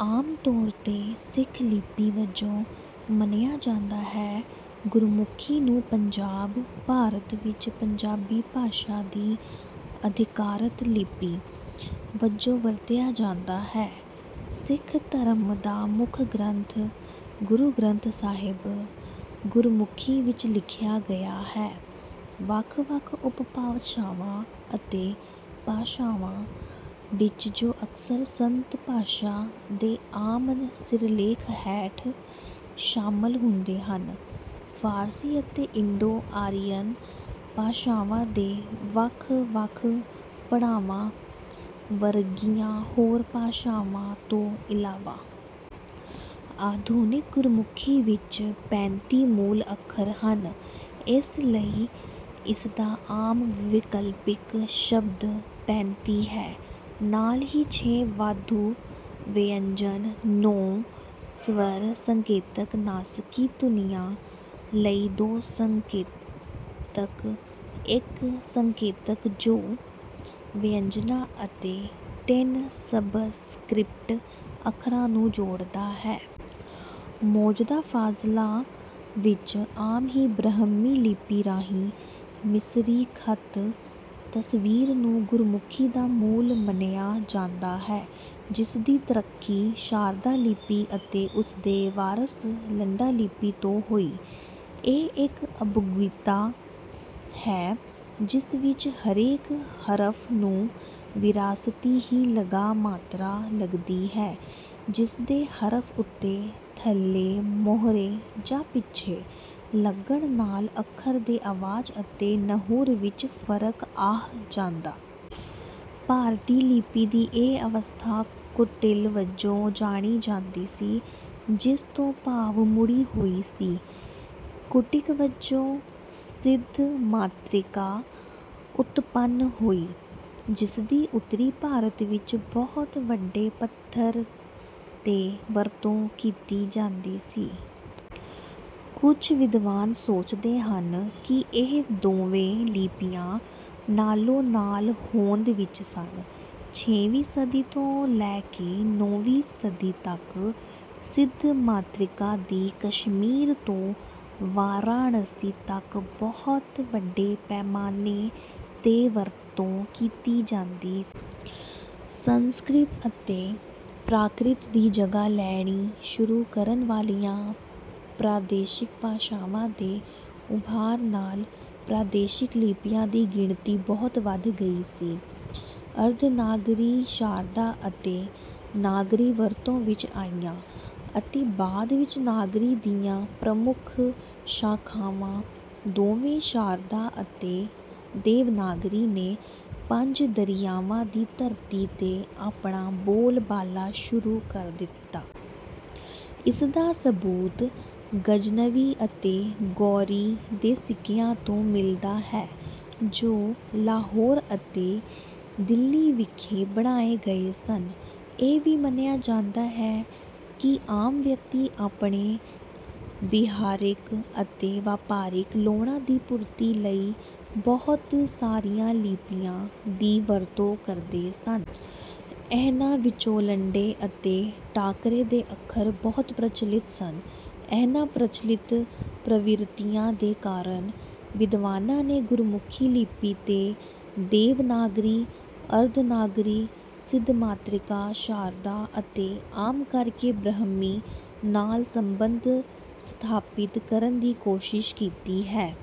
ਆਮ ਤੌਰ 'ਤੇ ਸਿੱਖ ਲਿਪੀ ਵਜੋਂ ਮੰਨਿਆ ਜਾਂਦਾ ਹੈ, ਗੁਰਮੁਖੀ ਨੂੰ ਪੰਜਾਬ, ਭਾਰਤ ਵਿੱਚ ਪੰਜਾਬੀ ਭਾਸ਼ਾ ਦੀ ਅਧਿਕਾਰਤ ਲਿਪੀ ਵਜੋਂ ਵਰਤਿਆ ਜਾਂਦਾ ਹੈ। ਸਿੱਖ ਧਰਮ ਦਾ ਮੁੱਖ ਗ੍ਰੰਥ, ਗੁਰੂ ਗ੍ਰੰਥ ਸਾਹਿਬ, ਗੁਰਮੁਖੀ ਵਿੱਚ ਲਿਖਿਆ ਗਿਆ ਹੈ, ਵੱਖ-ਵੱਖ ਉਪਭਾਸ਼ਾਵਾਂ ਅਤੇ ਭਾਸ਼ਾਵਾਂ ਵਿੱਚ ਜੋ ਅਕਸਰ ਸੰਤ ਭਾਸ਼ਾ ਦੇ ਆਮ ਸਿਰਲੇਖ ਹੇਠ ਸ਼ਾਮਲ ਹੁੰਦੇ ਹਨ, ਫਾਰਸੀ ਅਤੇ ਇੰਡੋ-ਆਰੀਅਨ ਭਾਸ਼ਾਵਾਂ ਦੇ ਵੱਖ-ਵੱਖ ਪੜਾਵਾਂ ਵਰਗੀਆਂ ਹੋਰ ਭਾਸ਼ਾਵਾਂ ਤੋਂ ਇਲਾਵਾ। ਆਧੁਨਿਕ ਗੁਰਮੁਖੀ ਵਿੱਚ ਪੈਂਤੀ ਮੂਲ ਅੱਖਰ ਹਨ, ਇਸ ਲਈ ਇਸਦਾ ਆਮ ਵਿਕਲਪਿਕ ਸ਼ਬਦ ਪੈਂਤੀ ਹੈ। ਨਾਲ ਹੀ ਛੇ ਵਾਧੂ ਵਿਅੰਜਨ, ਨੌਂ ਸਵਰ ਸੰਕੇਤਕ, ਨਾਸਕੀ ਧੁਨੀਆਂ ਲਈ ਦੋ ਸੰਕੇਤਕ, ਇੱਕ ਸੰਕੇਤਕ ਜੋ ਵਿਅੰਜਨਾਂ ਅਤੇ ਤਿੰਨ ਸਬਸਕ੍ਰਿਪਟ ਅੱਖਰਾਂ ਨੂੰ ਜੋੜਦਾ ਹੈ। ਮੌਜਦਾ ਫ਼ਾਜ਼ਲਾਂ ਵਿੱਚ, ਆਮ ਹੀ ਬ੍ਰਹਮੀ ਲਿਪੀ ਰਾਹੀਂ, ਮਿਸਰੀ ਖ਼ਤ ਤਸਵੀਰ ਨੂੰ ਗੁਰਮੁਖੀ ਦਾ ਮੂਲ ਮੰਨਿਆ ਜਾਂਦਾ ਹੈ ਜਿਸਦੀ ਤਰੱਕੀ ਸ਼ਾਰਦਾ ਲਿਪੀ ਅਤੇ ਉਸਦੇ ਵਾਰਸ ਲੰਡਾ ਲਿਪੀ ਤੋਂ ਹੋਈ। ਇਹ ਇੱਕ ਅਬੂਗੀਦਾ ਹੈ ਜਿਸ ਵਿੱਚ ਹਰੇਕ ਹਰਫ਼ ਨੂੰ ਵਿਰਾਸਤੀ ਹੀ ਲਗਾ ਮਾਤਰ ਲੱਗਦੀ ਹੈ, ਜਿਸਦੇ ਹਰਫ਼ ਉੱਤੇ, ਥੱਲੇ, ਮੋਹਰੇ ਜਾਂ ਪਿੱਛੇ ਲੱਗਣ ਨਾਲ਼ ਅੱਖਰ ਦੇ ਅਵਾਜ਼ ਅਤੇ ਨਹੁਰ ਵਿੱਚ ਫ਼ਰਕ ਆਹ ਜਾਂਦਾ। ਭਾਰਤੀ ਲਿਪੀ ਦੀ ਇਹ ਅਵਸਥਾ 'ਕੁਟਿਲ' ਵਜੋਂ ਜਾਣੀ ਜਾਂਦੀ ਸੀ, ਜਿਸ ਤੋਂ ਭਾਵ ਮੁੜੀ ਹੋਈ ਸੀ। ਕੁਟਿਕ ਵਜੋਂ ਸਿੱਧਮਾਤ੍ਰਿਕਾ ਉਤਪੰਨ ਹੋਈ ਜਿਸਦੀ ਉੱਤਰੀ ਭਾਰਤ ਵਿਚ ਬਹੁਤ ਵੱਡੇ ਪੱਧਰ ਤੇ ਵਰਤੋਂ ਕੀਤੀ ਜਾਂਦੀ ਸੀ। ਕੁਝ ਵਿਦਵਾਨ ਸੋਚਦੇ ਹਨ ਕਿ ਇਹ ਦੋਵੇਂ ਲਿਪੀਆਂ ਨਾਲੋਂ ਨਾਲ ਹੋਂਦ ਵਿਚ ਸਨ। ਛੇਵੀਂ ਸਦੀ ਤੋਂ ਲੈ ਕੇ ਨੌਂਵੀਂ ਸਦੀ ਤਕ, ਸਿੱਧਮਾਤ੍ਰਿਕਾ ਦੀ ਕਸ਼ਮੀਰ ਤੋਂ ਵਾਰਾਣਸੀ ਤਕ ਬਹੁਤ ਵੱਡੇ ਪੈਮਾਨੇ ਤੇ ਵਰਤੋਂ ਕੀਤੀ ਜਾਂਦੀ ਸੀ। ਸੰਸਕ੍ਰਿਤ ਅਤੇ ਪ੍ਰਾਕ੍ਰਿਤ ਦੀ ਜਗ੍ਹਾ ਲੈਣੀ ਸ਼ੁਰੂ ਕਰਨ ਵਾਲੀਆਂ ਪ੍ਰਾਦੇਸ਼ਿਕ ਭਾਸ਼ਾਵਾਂ ਦੇ ਉੱਭਾਰ ਨਾਲ ਪ੍ਰਾਦੇਸ਼ਿਕ ਲਿਪੀਆਂ ਦੀ ਗਿਣਤੀ ਬਹੁਤ ਵਧ ਗਈ ਸੀ। ਅਰਧਨਾਗਰੀ, ਸ਼ਾਰਦਾ ਅਤੇ ਨਾਗਰੀ ਵਰਤੋਂ ਵਿਚ ਆਈਆਂ ਅਤੇ ਬਾਅਦ ਵਿਚ ਨਾਗਰੀ ਦੀਆਂ ਪ੍ਰਮੁਖ ਸ਼ਾਖ਼ਾਵਾਂ ਦੋਵੇਂ ਸ਼ਾਰਦਾ ਅਤੇ ਦੇਵਨਾਗਰੀ ਨੇ ਪੰਜ ਦਰਿਆਵਾਂ ਦੀ ਧਰਤੀ ਤੇ ਆਪਣਾ ਬੋਲਬਾਲਾ ਸ਼ੁਰੂ ਕਰ ਦਿੱਤਾ। ਇਸਦਾ ਸਬੂਤ ਗ਼ਜ਼ਨਵੀ ਅਤੇ ਗੌਰੀ ਦੇ ਸਿੱਕਿਆਂ ਤੋਂ ਮਿਲਦਾ ਹੈ ਜੋ ਲਾਹੌਰ ਅਤੇ ਦਿੱਲੀਵਿਖੇ ਬਣਾਏ ਗਏ ਸਨ। ਇਹ ਵੀ ਮੰਨਿਆ ਜਾਂਦਾ ਹੈ ਕਿ ਆਮ ਵਿਅਕਤੀ ਆਪਣੇ ਵਿਹਾਰਿਕ ਅਤੇ ਵਪਾਰਿਕ ਲੋੜਾਂ ਦੀ ਪੂਰਤੀ ਲਈ ਬਹੁਤ ਸਾਰੀਆਂ ਲਿਪੀਆਂ ਦੀ ਵਰਤੋਂ ਕਰਦੇ ਸਨ। ਇਹਨਾਂ ਵਿਚੋਂਲੰਡੇ ਅਤੇ ਟਾਕਰੇ ਦੇ ਅੱਖਰ ਬਹੁਤ ਪ੍ਰਚਲਿਤ ਸਨ। ਇਹਨਾਂ ਪ੍ਰਚਲਿਤ ਪ੍ਰਵਿਰਤੀਆਂ ਦੇ ਕਾਰਨ ਵਿਦਵਾਨਾਂ ਨੇ ਗੁਰਮੁਖੀ ਲਿਪੀ ਦੇ ਦੇਵਨਾਗਰੀ, ਅਰਧਨਾਗਰੀ, ਸਿੱਧਮਾਤ੍ਰਿਕਾ, ਸ਼ਾਰਦਾ ਅਤੇ ਆਮ ਕਰਕੇ ਬ੍ਰਹਮੀ ਨਾਲ ਸੰਬੰਧ ਸਥਾਪਿਤ ਕਰਨ ਦੀ ਕੋਸ਼ਿਸ਼ ਕੀਤੀ ਹੈ।